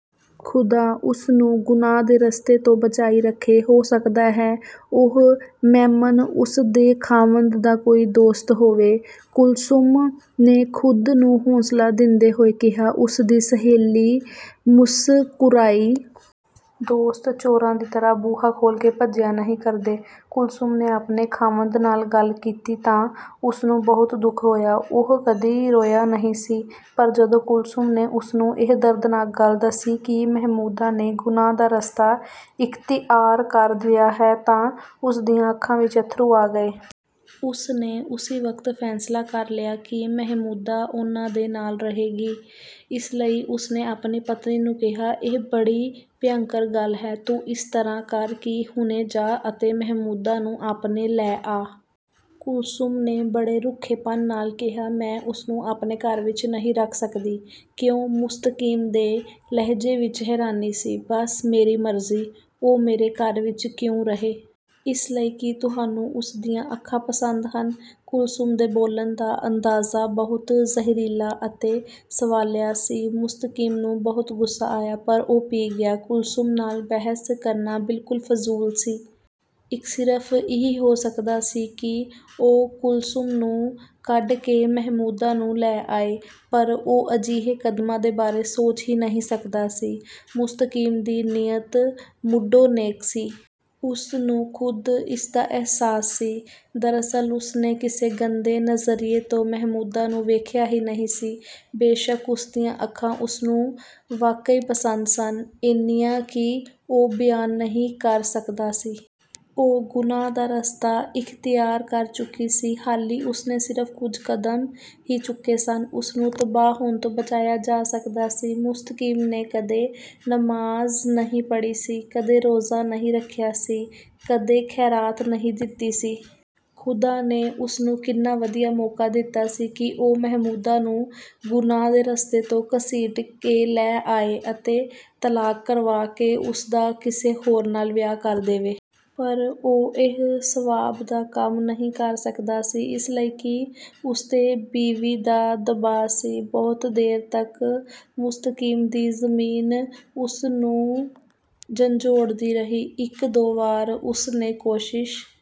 ਖ਼ੁਦਾ ਉਸ ਨੂੰ ਗੁਨਾਹ ਦੇ ਰਸਤੇ ਤੋਂ ਬਚਾਈ ਰੱਖੇ। ਹੋ ਸਕਦਾ ਹੈ ਉਹ ਮੈਮਨ ਉਸ ਦੇ ਖ਼ਾਵੰਦ ਦਾ ਕੋਈ ਦੋਸਤ ਹੋਵੇ। "ਕੁਲਸੁਮ ਨੇ ਖ਼ੁਦ ਨੂੰ ਹੌਸਲਾ ਦਿੰਦੇ ਹੋਏ ਕਿਹਾ। ਉਸ ਦੀ ਸਹੇਲੀ ਮੁਸਕੁਰਾਈ। "ਦੋਸਤ, ਚੋਰਾਂ ਦੀ ਤਰ੍ਹਾਂ ਬੂਹਾ ਖੋਲ੍ਹ ਕੇ ਭੱਜਿਆ ਨਹੀਂ ਕਰਦੇ। "ਕੁਲਸੁਮ ਨੇ ਆਪਣੇ ਖ਼ਾਵੰਦ ਨਾਲ ਗੱਲ ਕੀਤੀ ਤਾਂ ਉਸਨੂੰ ਬਹੁਤ ਦੁੱਖ ਹੋਇਆ। ਉਹ ਕਦੇ ਰੋਇਆ ਨਹੀਂ ਸੀ ਪਰ ਜਦੋਂ ਕੁਲਸੁਮ ਨੇ ਉਸਨੂੰ ਇਹ ਦਰਦਨਾਕ ਗੱਲ ਦੱਸੀ ਕਿ ਮਹਿਮੂਦਾ ਨੇ ਗੁਨਾਹ ਦਾ ਰਸਤਾ ਇਖ਼ਤਿਆਰ ਕਰ ਲਿਆ ਹੈ ਤਾਂ ਉਸ ਦੀਆਂ ਅੱਖਾਂ ਵਿੱਚ ਅੱਥਰੂ ਆ ਗਏ। ਉਸ ਨੇ ਉਸੀ ਵਕਤ ਫੈਸਲਾ ਕਰ ਲਿਆ ਕਿ ਮਹਿਮੂਦਾ ਉਨ੍ਹਾਂ ਦੇ ਨਾਲ ਰਹੇਗੀ, ਇਸ ਲਈ ਉਸ ਨੇ ਆਪਣੀ ਪਤਨੀ ਨੂੰ ਕਿਹਾ। "ਇਹ ਬੜੀ ਭਿਅੰਕਰ ਗੱਲ ਹੈ। ਤੂੰ ਇਸ ਤਰ੍ਹਾਂ ਕਰ ਕਿ ਹੁਣੇ ਜਾ ਅਤੇ ਮਹਿਮੂਦਾ ਨੂੰ ਆਪਣੇ ਲੈ ਆ! " ਕੁਲਸੁਮ ਨੇ ਬੜੇ ਰੁੱਖੇਪਣ ਨਾਲ ਕਿਹਾ "ਮੈਂ ਉਸਨੂੰ ਆਪਣੇ ਘਰ ਵਿੱਚ ਨਹੀਂ ਰੱਖ ਸਕਦੀ। " "ਕਿਉਂ? " ਮੁਸਤਕੀਮ ਦੇ ਲਹਿਜੇ ਵਿੱਚ ਹੈਰਾਨੀ ਸੀ। "ਬਸ, ਮੇਰੀ ਮਰਜ਼ੀ। ਉਹ ਮੇਰੇ ਘਰ ਵਿੱਚ ਕਿਉਂ ਰਹੇ? ਇਸ ਲਈ ਕਿ ਤੁਹਾਨੂੰ ਉਸ ਦੀਆਂ ਅੱਖਾਂ ਪਸੰਦ ਹਨ? " ਕੁਲਸੁਮ ਦੇ ਬੋਲਣ ਦਾ ਅੰਦਾਜ਼ ਬਹੁਤ ਜ਼ਹਿਰੀਲਾ ਅਤੇ ਸਵਾਲੀਆ ਸੀ। ਮੁਸਤਕੀਮ ਨੂੰ ਬਹੁਤ ਗੁੱਸਾ ਆਇਆ, ਪਰ ਉਹ ਪੀ ਗਿਆ। ਕੁਲਸੁਮ ਨਾਲ ਬਹਿਸ ਕਰਨਾ ਬਿਲਕੁਲ ਫ਼ਜ਼ੂਲ ਸੀ। ਇੱਕ ਸਿਰਫ਼ ਇਹੀ ਹੋ ਸਕਦਾ ਸੀ ਕਿ ਉਹ ਕੁਲਸੁਮ ਨੂੰ ਕੱਢ ਕੇ ਮਹਿਮੂਦਾ ਨੂੰ ਲੈ ਆਏ। ਪਰ ਉਹ ਅਜਿਹੇ ਕਦਮਾਂ ਦੇ ਬਾਰੇ ਸੋਚ ਹੀ ਨਹੀਂ ਸਕਦਾ ਸੀ। ਮੁਸਤਕੀਮ ਦੀ ਨੀਅਤ ਮੁਢੋਂ ਨੇਕ ਸੀ। ਉਸ ਨੂੰ ਖ਼ੁਦ ਇਸ ਦਾ ਅਹਿਸਾਸ ਸੀ। ਦਰਅਸਲ ਉਸ ਨੇ ਕਿਸੇ ਗੰਦੇ ਨਜ਼ਰੀਏ ਤੋਂ ਮਹਿਮੂਦਾ ਨੂੰ ਵੇਖਿਆ ਹੀ ਨਹੀਂ ਸੀ। ਬੇਸ਼ਕ ਉਸ ਦੀਆਂ ਅੱਖਾਂ ਉਸ ਨੂੰ ਵਾਕਈ ਪਸੰਦ ਸਨ, ਇੰਨੀਆਂ ਕਿ ਉਹ ਬਿਆਨ ਨਹੀਂ ਕਰ ਸਕਦਾ ਸੀ। ਉਹ ਗੁਨਾਹ ਦਾ ਰਸਤਾ ਇਖ਼ਤਿਆਰ ਕਰ ਚੁੱਕੀ ਸੀ। ਹਾਲੀਂ ਉਸ ਨੇ ਸਿਰਫ ਕੁਝ ਕਦਮ ਹੀ ਚੁੱਕੇ ਸਨ। ਉਸ ਨੂੰ ਤਬਾਹ ਹੋਣ ਤੋਂ ਬਚਾਇਆ ਜਾ ਸਕਦਾ ਸੀ। ਮੁਸਤਕੀਮ ਨੇ ਕਦੇ ਨਮਾਜ਼ ਨਹੀਂ ਪੜ੍ਹੀ ਸੀ, ਕਦੇ ਰੋਜ਼ਾ ਨਹੀਂ ਰੱਖਿਆ ਸੀ, ਕਦੇ ਖ਼ੈਰਾਤ ਨਹੀਂ ਦਿੱਤੀ ਸੀ। ਖ਼ੁਦਾ ਨੇ ਉਸ ਨੂੰ ਕਿੰਨਾ ਵਧੀਆ ਮੌਕਾ ਦਿੱਤਾ ਸੀ ਕਿ ਉਹ ਮਹਿਮੂਦਾ ਨੂੰ ਗੁਨਾਹ ਦੇ ਰਸਤੇ ਤੋਂ ਘਸੀਟ ਕੇ ਲੈ ਆਏ ਅਤੇ ਤਲਾਕ ਕਰਵਾ ਕੇ ਉਸ ਦਾ ਕਿਸੇ ਹੋਰ ਨਾਲ ਵਿਆਹ ਕਰ ਦੇਵੇ। ਪਰ ਉਹ ਇਹ ਸਵਾਬ ਦਾ ਕੰਮ ਨਹੀਂ ਕਰ ਸਕਦਾ ਸੀ। ਇਸ ਲਈ ਕਿ ਉਸਤੇ ਬੀਵੀ ਦਾ ਦਬਾਅ ਸੀ। ਬਹੁਤ ਦੇਰ ਤੱਕ ਮੁਸਤਕੀਮ ਦੀ ਜ਼ਮੀਰ ਉਸ ਨੂੰ ਝੰਜੋੜਦੀ ਰਹੀ। ਇੱਕ ਦੋ ਵਾਰ ਉਸ ਨੇ ਕੋਸ਼ਿਸ਼